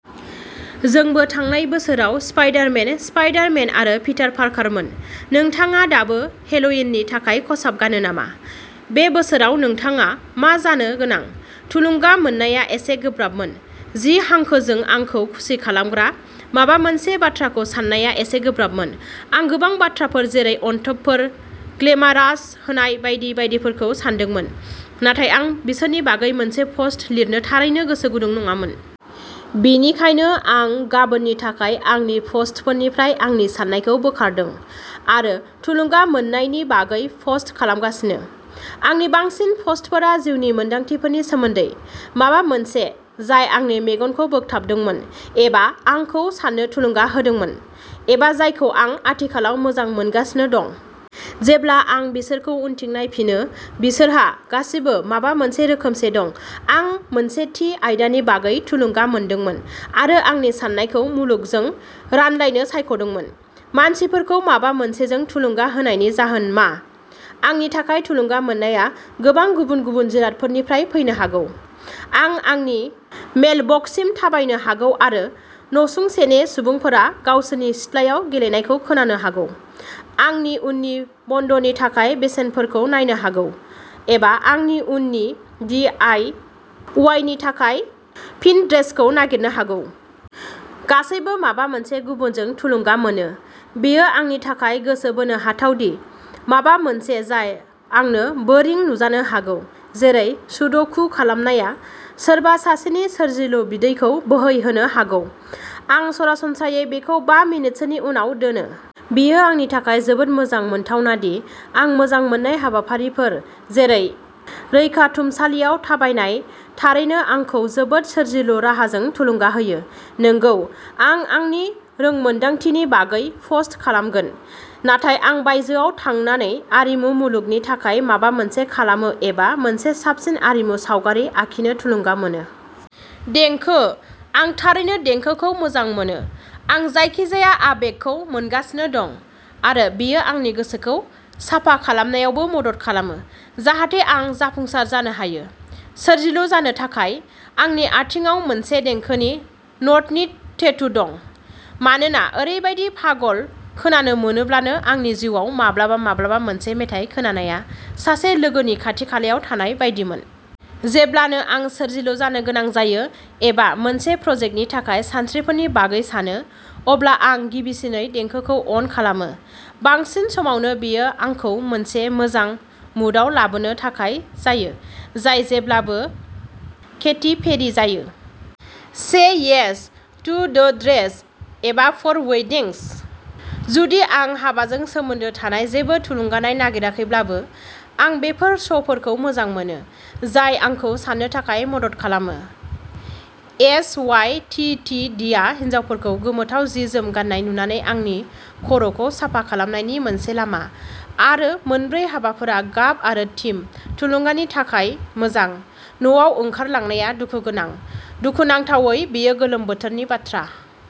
जोंबो थांनाय बोसोराव स्पाइडार मेन, स्पाइडार मेन आरो पिटार पार्कारमोन। नोंथाङा दाबो हेल'विननि थाखाय खसाब गानो नामा? बे बोसोराव नोंथाङा मा जानो गोनां? थुलुंगा मोननाया एसे गोब्राबमोन। जि हांखोजों आंखौ खुसि खालामग्रा माबा मोनसे बाथ्राखौ साननाया एसे गोब्राबमोन, आं गोबां बाथ्राफोर जेरै अनथोबफोर, ग्लेमारास, होनाय बायदि बायदिफोरखौ सानदोंमोन नाथाय आं बिसोरनि बागै मोनसे पस्ट लिरनो थारैनो गोसो गुदुं नङामोन। बेनिखायनो आं गाबोननि थाखाय आंनि पस्टनिफ्राय आंनि साननायखौ बोखारदों, आरो थुलुंगा मोन्नाय नि बागै पस्ट खालामगासिनो। आंनि बांसिन पस्टफोरा जिउनि मोनदांथिफोरनि सोमोन्दै, माबा मोनसे जाय आंनि मेगनखौ बोगथाबदोंमोन एबा आंखौ साननो थुलुंगा होदोंमोन, एबा जायखौ आं आथिखालाव मोजां मोनगासिनो दं। जेब्ला आं बिसोरखौ उनथिं नायफिनो, बिसोरहा गासिबो माबा मोनसे रोखोमसे दं, आं मोनसे थि आयदानि बागै थुलुंगा मोनदोंमोन आरो आंनि साननायखौ मुलुगजों रानलायनो सायख'दोंमोन। मानसिफोरखौ माबा मोनसेजों थुलुंगा होनायनि जाहोन मा? आंनि थाखाय थुलुंगा मोननाया गोबां गुबुन-गुबुन जिरादफोरनिफ्राय फैनो हागौ, आं आंनि मेइलबक्ससिम थाबायनो हागौ आरो नसुंसेनि सुबुंफोरा गावसोरनि सिथ्लायाव गेलेनायखौ खोनानो हागौ, आंनि उननि बन्दनि थाखाय बेसेनफोरखौ नायनो हागौ, एबा आंनि उननि डि आइ अवाइ नि थाखाय पिनट्रेस्टखौ नागिरनो हागौ। गासैबो माबा मोनसे गुबुनजों थुलुंगा मोनो। बेयो आंनि थाखाय गोसो बोनो हाथावना दि माबा मोनसे जाय आंनो बोरिं नुजानो हागौ, जेरै सुड'कु खालामनाया, सोरबा सासेनि सोरजिलु बिदैखौ बोहैहोनो हागौ। आं सरासनस्रायै बेखौ बा मिनिटसोनि उनाव दोनो। बेयो आंनि थाखाय जोबोद मोजां मोनथावना दि आं मोजां मोन्नाय हाबाफारिफोर, जेरै रैखाथुमसालियाव थाबायनाय, थारैनो आंखौ जोबोद सोरजिलु राहाजों थुलुंगा होनो हाया। नंगौ, आं आंनि रोंमोनदांथिनि बागै पस्ट खालामगोन, नाथाय आं बायजोआव थांनानै आरिमु मुलुगनि थाखाय माबा मोनसे खालामनो एबा मोनसे साबसिन आरिमु सावगारि आखिनो थुलुंगा मोनो। देंखो, आं थारैनो देंखोखौ मोजां मोनो, आं जायखिजाया आबेगखौ मोनगासिनो दं, आरो बेयो आंनि गोसोखौ साफा खालामनायावबो मदद खालामो, जाहाथे आं जाफुंसार जानो हायो। सोरजिलु जानो थाखाय। आंनि आथिंआव मोनसे देंखोनि न'टनि टेटु दं, मानोना ओरैबायदि पागल खोनानो मोनोब्लाबो आंनि जिउआव माब्लाबा माब्लाबा मोनसे मेथाइ खोनानाया सासे लोगोनि खाथि-खालायाव थानाय बायदिमोन। जेब्लानो आं सोरजिलु जानो गोनां जायो, एबा मोनसे प्रजेक्टनि थाखाय सानस्रिफोरनि बागै सानो, अब्ला आं गिबिसिनै देंखोखौ अन खालामो। बांसिन समावनो बेयो आंखौ मोनसे मोजां मुडआव लाबोनो थाखाय जायो, जाय जेब्लाबो केटी पेरी जायो। Say yes to the dress एबा फर वेडिंग्स। जुदि आं हाबाजों सोमोन्दो थानाय जेबो थुलुंगानाय नागिराखैब्लाबो, आं बेफोर श'फोरखौ मोजां मोनो, जाय आंखौ साननो थाखाय मदद खालामो। S Y T T D आ हिनजावफोरखौ गोमोथाव जि-जोम गाननाय नुनानै आंनि खर'खौ साफा खालामनायनि मोनसे लामा, आरो मोनब्रै हाबाफोरा गाब आरो थीम थुलुंगानि थाखाय मोजां। न'वाव ओंखारलांनाया दुखुगोनां। दुखुनांथावै बेयो गोलोम बोथोरनि बाथ्रा।